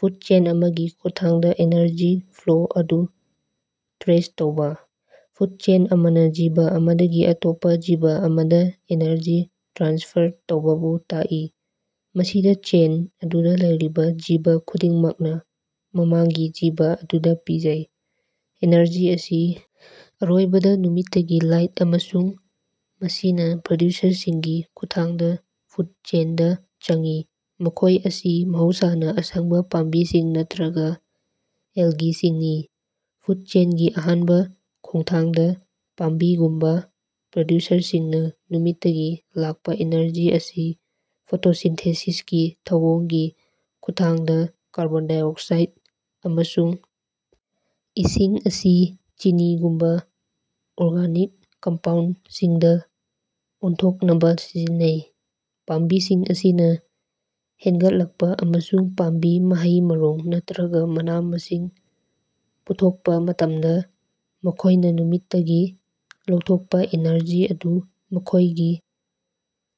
Food chain ꯑꯃꯒꯤ ꯈꯨꯠꯊꯥꯡꯗ energy flow ꯑꯗꯨ ꯇ꯭ꯔꯦꯁ ꯇꯧꯕ꯫ ꯐꯨꯗ ꯆꯦꯟ ꯑꯃꯅ ꯖꯤꯕ ꯑꯃꯗꯒꯤ ꯑꯇꯣꯞꯄ ꯖꯤꯕ ꯑꯃꯗ ꯑꯦꯅꯔꯖꯤ ꯇ꯭ꯔꯥꯟꯁꯐꯔ ꯇꯧꯕꯕꯨ ꯇꯥꯛꯏ, ꯃꯁꯤꯗ ꯆꯦꯟ ꯑꯗꯨꯗ ꯂꯩꯔꯤꯕ ꯖꯤꯕ ꯈꯨꯗꯤꯡꯃꯛꯅ ꯃꯃꯥꯡꯒꯤ ꯖꯤꯕ ꯑꯗꯨꯗ ꯄꯤꯖꯩ꯫ ꯑꯦꯅꯔꯖꯤ ꯑꯁꯤ ꯑꯔꯣꯏꯕꯗ ꯅꯨꯃꯤꯠꯇꯒꯤ ꯂꯥꯏꯠ, ꯑꯃꯁꯨꯡ ꯃꯁꯤꯅ ꯄ꯭ꯔꯗ꯭ꯌꯨꯁꯔꯁꯤꯡꯒꯤ ꯈꯨꯠꯊꯥꯡꯗ ꯐꯨꯗ ꯆꯦꯟꯗ ꯆꯪꯏ, ꯃꯈꯣꯏ ꯑꯁꯤ ꯃꯍꯧꯁꯥꯅ ꯑꯁꯪꯕ ꯄꯥꯝꯕꯤꯁꯤꯡ ꯅꯠꯇ꯭ꯔꯒ ꯑꯦꯜꯒꯤꯁꯤꯡꯅꯤ꯫ ꯐꯨꯗ ꯆꯦꯟꯒꯤ ꯑꯍꯥꯟꯕ ꯈꯣꯡꯊꯥꯡꯗ, ꯄꯥꯝꯕꯤꯒꯨꯝꯕ ꯄ꯭ꯔꯗ꯭ꯌꯨꯁꯔꯁꯤꯡꯅ ꯅꯨꯃꯤꯠꯇꯒꯤ ꯂꯥꯛꯄ ꯏꯅꯔꯖꯤ ꯑꯁꯤ ꯐꯣꯇꯣꯁꯤꯟꯊꯦꯁꯤꯁꯀꯤ ꯊꯧꯑꯣꯡꯒꯤ ꯈꯨꯠꯊꯥꯡꯗ ꯀꯥꯔꯕꯣꯟ ꯗꯥꯏꯑꯣꯛꯁꯥꯏꯠ ꯑꯃꯁꯨꯡ ꯏꯁꯤꯡ ꯑꯁꯤ ꯆꯤꯅꯤꯒꯨꯝꯕ ꯑꯣꯔꯒꯥꯅꯤꯛ ꯀꯝꯄꯥꯎꯟꯠꯁꯤꯡꯗ ꯑꯣꯟꯊꯣꯛꯅꯕ ꯁꯤꯖꯤꯟꯅꯩ꯫ ꯄꯥꯝꯕꯤꯁꯤꯡ ꯑꯁꯤꯅ ꯍꯦꯟꯒꯠꯂꯛꯄ ꯑꯃꯁꯨꯡ ꯄꯥꯝꯕꯤ, ꯃꯍꯩ-ꯃꯔꯣꯡ ꯅꯠꯇ꯭ꯔꯒ ꯃꯅꯥ-ꯃꯁꯤꯡ ꯄꯨꯊꯣꯛꯄ ꯃꯇꯝꯗ, ꯃꯈꯣꯏꯅ ꯅꯨꯃꯤꯠꯇꯒꯤ ꯂꯧꯊꯣꯛꯄ ꯑꯦꯅꯔꯖꯤ ꯑꯗꯨ ꯃꯈꯣꯏꯒꯤ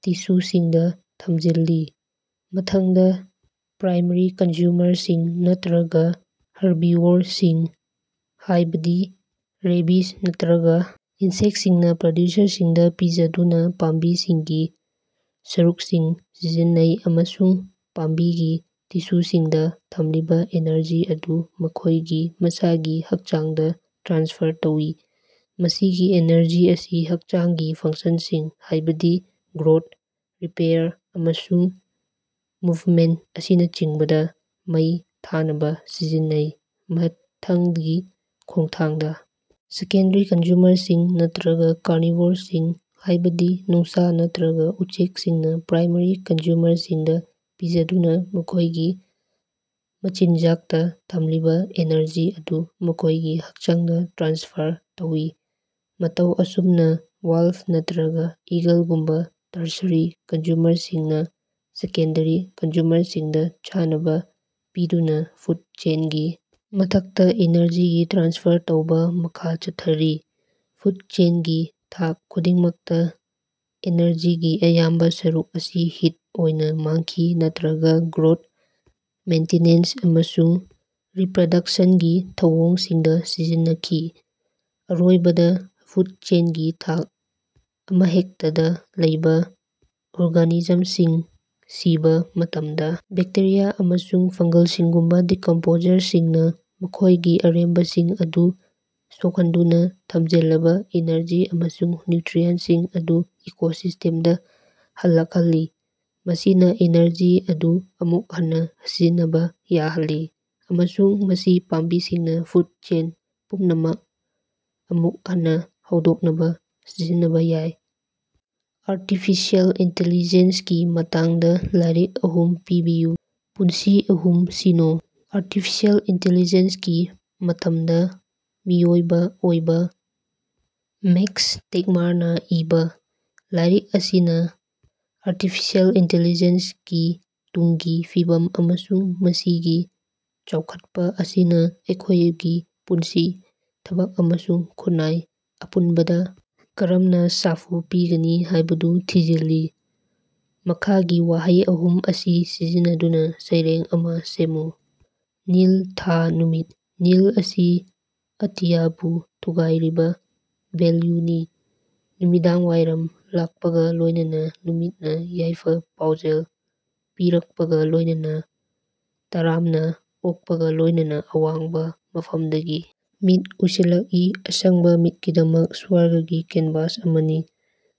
ꯇꯤꯁꯨꯁꯤꯡꯗ ꯊꯝꯖꯤꯜꯂꯤ꯫ ꯃꯊꯪꯗ, ꯄ꯭ꯔꯥꯏꯃꯥꯔꯤ ꯀꯟꯖꯨꯃꯔꯁꯤꯡ ꯅꯠꯇ꯭ꯔꯒ ꯍꯥꯔꯕꯤꯑꯣꯔꯁꯤꯡ, ꯍꯥꯏꯕꯗꯤ ꯔꯦꯕꯤꯖ ꯅꯠꯇ꯭ꯔꯒ ꯏꯟꯁꯦꯛꯁꯤꯡꯅ ꯄ꯭ꯔꯗ꯭ꯌꯨꯁꯔꯁꯤꯡꯗ ꯄꯤꯖꯗꯨꯅ, ꯄꯥꯝꯕꯤꯁꯤꯡꯒꯤ ꯁꯔꯨꯛꯁꯤꯡ ꯁꯤꯖꯤꯟꯅꯩ ꯑꯃꯁꯨꯡ ꯄꯥꯝꯕꯤꯒꯤ ꯇꯤꯁꯨꯁꯤꯡꯗ ꯊꯝꯂꯤꯕ ꯑꯦꯅꯔꯖꯤ ꯑꯗꯨ ꯃꯈꯣꯏꯒꯤ ꯃꯁꯥꯒꯤ ꯍꯛꯆꯥꯡꯗ ꯇ꯭ꯔꯥꯟꯁꯐꯔ ꯇꯧꯏ꯫ ꯃꯁꯤꯒꯤ ꯑꯦꯅꯔꯖꯤ ꯑꯁꯤ ꯍꯛꯆꯥꯡꯒꯤ ꯐꯪꯁꯟꯁꯤꯡ ꯍꯥꯏꯕꯗꯤ ꯒ꯭ꯔꯣꯗ, ꯔꯤꯄꯦꯌꯥꯔ ꯑꯃꯁꯨꯡ ꯃꯨꯚꯃꯦꯟ ꯑꯁꯤꯅꯆꯤꯡꯕꯗ ꯃꯩ ꯊꯥꯅꯕ ꯁꯤꯖꯤꯟꯅꯩ꯫ ꯃꯊꯪꯒꯤ ꯈꯣꯡꯊꯥꯡꯗ, ꯁꯦꯀꯦꯟꯗꯔꯤ ꯀꯟꯖꯨꯃꯔꯁꯤꯡ ꯅꯠꯇ꯭ꯔꯒ ꯀꯥꯔꯅꯤꯚꯔꯁꯤꯡ, ꯍꯥꯏꯕꯗꯤ ꯅꯣꯡꯁꯥ ꯅꯠꯇ꯭ꯔꯒ ꯎꯆꯦꯛꯁꯤꯡꯅ ꯄ꯭ꯔꯥꯏꯃꯥꯔꯤ ꯀꯟꯖꯨꯃꯔꯁꯤꯡꯗ ꯄꯤꯖꯗꯨꯅ ꯃꯈꯣꯏꯒꯤ ꯃꯆꯤꯟꯖꯥꯛꯇ ꯊꯝꯂꯤꯕ ꯑꯦꯅꯔꯖꯤ ꯑꯗꯨ ꯃꯈꯣꯏꯒꯤ ꯍꯛꯆꯥꯡꯗ ꯇ꯭ꯔꯥꯟꯁꯐꯔ ꯇꯧꯏ꯫ ꯃꯇꯧ ꯑꯁꯨꯝꯅ, ꯋꯥꯜꯐ ꯅꯠꯇꯔꯒꯥ ꯏꯒꯜꯒꯨꯝꯕ ꯇꯔꯁꯔꯤ ꯀꯟꯖꯨꯃꯔꯁꯤꯡꯅ ꯁꯦꯀꯦꯟꯗꯔꯤ ꯀꯟꯖꯨꯃꯔꯁꯤꯡꯗ ꯆꯥꯅꯕ ꯄꯤꯗꯨꯅ ꯐꯨꯗ ꯆꯦꯟꯒꯤ ꯃꯊꯛꯇ ꯏꯅꯔꯖꯤ ꯇ꯭ꯔꯥꯟꯁꯐꯔ ꯇꯧꯕ ꯃꯈꯥ ꯆꯠꯊꯔꯤ꯫ ꯐꯨꯗ ꯆꯦꯟꯒꯤ ꯊꯥꯛ ꯈꯨꯗꯤꯡꯃꯛꯇ, ꯑꯦꯅꯔꯖꯤꯒꯤ ꯑꯌꯥꯝꯕ ꯁꯔꯨꯛ ꯑꯁꯤ ꯍꯤꯠ ꯑꯣꯏꯅ ꯃꯥꯡꯈꯤ ꯅꯠꯇ꯭ꯔꯒ ꯒ꯭ꯔꯣꯠ, ꯃꯦꯟꯇꯦꯅꯦꯟꯁ ꯑꯃꯁꯨꯡ ꯔꯤꯄꯔꯗꯛꯁꯟꯒꯤ ꯊꯧꯑꯣꯡꯁꯤꯡꯗ ꯁꯤꯖꯤꯟꯅꯈꯤ꯫ ꯑꯔꯣꯏꯕꯗ, ꯐꯨꯗ ꯆꯦꯟꯒꯤ ꯊꯥꯛ ꯑꯃꯍꯦꯛꯇꯗ ꯂꯩꯕ ꯑꯣꯔꯒꯥꯅꯤꯖꯝꯁꯤꯡ ꯁꯤꯕ ꯃꯇꯝꯗ, ꯕꯦꯛꯇꯦꯔꯤꯌꯥ ꯑꯃꯁꯨꯡ ꯐꯪꯒꯜꯁꯤꯡꯒꯨꯝꯕ ꯗꯤꯀꯝꯄꯣꯖꯔꯁꯤꯡꯅ ꯃꯈꯣꯏꯒꯤ ꯑꯔꯦꯝꯕꯁꯤꯡ ꯑꯗꯨ ꯁꯣꯛꯍꯟꯗꯨꯅ ꯊꯝꯖꯤꯜꯂꯕ ꯏꯅꯔꯖꯤ ꯑꯃꯁꯨꯡ ꯅ꯭ꯌꯨꯇ꯭ꯔꯤꯑꯦꯟꯁꯤꯡ ꯑꯗꯨ ꯏꯀꯣꯁꯤꯁ꯭ꯇꯦꯝꯗ ꯍꯜꯂꯛꯍꯜꯂꯤ꯫ ꯃꯁꯤꯅ ꯏꯅꯔꯖꯤ ꯑꯗꯨ ꯑꯃꯨꯛ ꯍꯟꯅ ꯁꯤꯖꯤꯟꯅꯕ ꯌꯥꯍꯜꯂꯤ, ꯑꯃꯁꯨꯡ ꯃꯁꯤ ꯄꯥꯝꯕꯤꯁꯤꯡꯅ ꯐꯨꯗ ꯆꯦꯟ ꯄꯨꯝꯅꯃꯛ ꯑꯃꯨꯛ ꯍꯟꯅ ꯍꯧꯗꯣꯛꯅꯕ ꯁꯤꯖꯤꯟꯅꯕ ꯌꯥꯏ꯫ ꯑꯥꯔꯇꯤꯐꯤꯁꯤꯑꯦꯜ ꯏꯟꯇꯦꯂꯤꯖꯦꯟꯁꯀꯤ ꯃꯇꯥꯡꯗ ꯂꯥꯏꯔꯤꯛ ꯑꯍꯨꯝ ꯄꯤꯕꯤꯌꯨ꯫ ꯄꯨꯟꯁꯤ ꯑꯍꯨꯝ ꯁꯤꯅ‌ꯣ: ꯑꯥꯔꯇꯤꯐꯤꯁꯤꯑꯦꯜ ꯏꯟꯇꯦꯂꯤꯖꯦꯟꯁꯀꯤ ꯃꯇꯝꯗ ꯃꯤꯑꯣꯏꯕ ꯑꯣꯏꯕ ꯃꯦꯛꯁ ꯇꯦꯒꯃꯥꯔꯅ ꯏꯕꯥ: ꯂꯥꯏꯔꯤꯛ ꯑꯁꯤꯅ ꯑꯥꯔꯇꯤꯐꯤꯁꯤꯑꯦꯜ ꯏꯟꯇꯦꯂꯤꯖꯦꯟꯁꯒꯤ ꯇꯨꯡꯒꯤ ꯐꯤꯕꯝ ꯑꯃꯁꯨꯡ ꯃꯁꯤꯒꯤ ꯆꯥꯎꯈꯠꯄ ꯑꯁꯤꯅ ꯑꯩꯈꯣꯏꯒꯤ ꯄꯨꯟꯁꯤ, ꯊꯕꯛ ꯑꯃꯁꯨꯡ ꯈꯨꯟꯅꯥꯏ ꯑꯄꯨꯟꯕꯗ ꯀꯔꯝꯅ ꯁꯥꯐꯨ ꯄꯤꯒꯅꯤ ꯍꯥꯏꯕꯗꯨ ꯊꯤꯖꯤꯜꯂꯤ꯫ ꯃꯈꯥꯒꯤ ꯋꯥꯍꯩ ꯑꯍꯨꯝ ꯑꯁꯤ ꯁꯤꯖꯤꯟꯅꯗꯨꯅ ꯁꯩꯔꯦꯡ ꯑꯃ ꯁꯦꯝꯃꯨ: ꯅꯤꯜ, ꯊꯥ, ꯅꯨꯃꯤꯠ꯫ ꯅꯤꯜ ꯑꯁꯤ ꯑꯇꯤꯌꯥꯕꯨ ꯊꯨꯒꯥꯏꯔꯤꯕ ꯚꯦꯜꯌꯨꯅꯤ, ꯅꯨꯃꯤꯗꯥꯡꯋꯥꯏꯔꯝ ꯂꯥꯛꯄꯒ ꯂꯣꯏꯅꯅ ꯅꯨꯃꯤꯠꯅ ꯌꯥꯏꯐ-ꯄꯥꯎꯖꯦꯜ ꯄꯤꯔꯛꯄꯒ ꯂꯣꯏꯅꯅ, ꯇꯔꯥꯝꯅꯥ ꯑꯣꯛꯄꯒ ꯂꯣꯏꯅꯅ ꯑꯋꯥꯡꯕ ꯃꯐꯝꯗꯒꯤ ꯃꯤꯠ ꯎꯏꯁꯤꯜꯂꯛꯏ, ꯑꯁꯪꯕ ꯃꯤꯠꯀꯤꯗꯃꯛ ꯁ꯭ꯋꯔꯒꯒꯤ ꯀꯦꯟꯚꯥꯁ ꯑꯃꯅꯤ꯫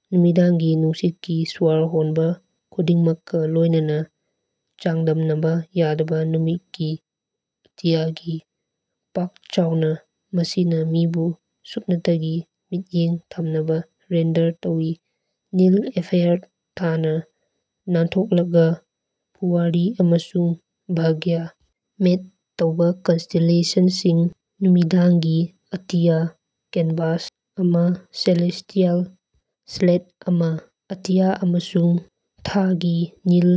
ꯅꯨꯃꯤꯗꯥꯡꯒꯤ ꯅꯨꯡꯁꯤꯠꯀꯤ ꯁ꯭ꯋꯔ ꯍꯣꯟꯕ ꯈꯨꯗꯤꯡꯃꯛꯀ ꯂꯣꯏꯅꯅ, ꯆꯥꯡꯗꯝꯅꯕ ꯌꯥꯗꯕ ꯅꯨꯃꯤꯠꯀꯤ ꯑꯇꯤꯌꯥꯒꯤ ꯄꯥꯛ ꯆꯥꯎꯕ, ꯃꯁꯤꯅ ꯃꯤꯕꯨ ꯁꯨꯞꯅꯇꯒꯤ ꯃꯤꯠꯌꯦꯡ ꯊꯝꯅꯕ ꯔꯦꯟꯗꯔ ꯇꯧꯏ, ꯅꯤꯜ ꯑꯦꯐꯦꯌꯥꯔꯗ ꯊꯥꯅꯥ ꯅꯥꯟꯊꯣꯛꯂꯛꯒ, ꯄꯨꯋꯥꯔꯤ ꯑꯃꯁꯨꯡ ꯚꯥꯒ꯭ꯌ ꯃꯦꯞ ꯇꯧꯕ ꯀꯟꯁꯇꯦꯂꯦꯁꯟꯁꯤꯡ, ꯅꯨꯃꯤꯗꯥꯡꯒꯤ ꯑꯇꯤꯌꯥ ꯀꯦꯟꯚꯥꯁ ꯑꯃ, ꯁꯦꯂꯦꯁ꯭ꯇꯤꯑꯦꯜ ꯁ꯭ꯂꯦꯠ ꯑꯃ, ꯑꯇꯤꯌꯥ ꯑꯃꯁꯨꯡ ꯊꯥꯒꯤ ꯅꯤꯜ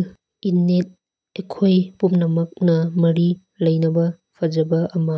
ꯏꯟꯅꯦꯠ, ꯑꯩꯈꯣꯏ ꯄꯨꯝꯅꯃꯛꯅ ꯃꯔꯤ ꯂꯩꯅꯕ ꯐꯖꯕꯥ ꯑꯃ꯫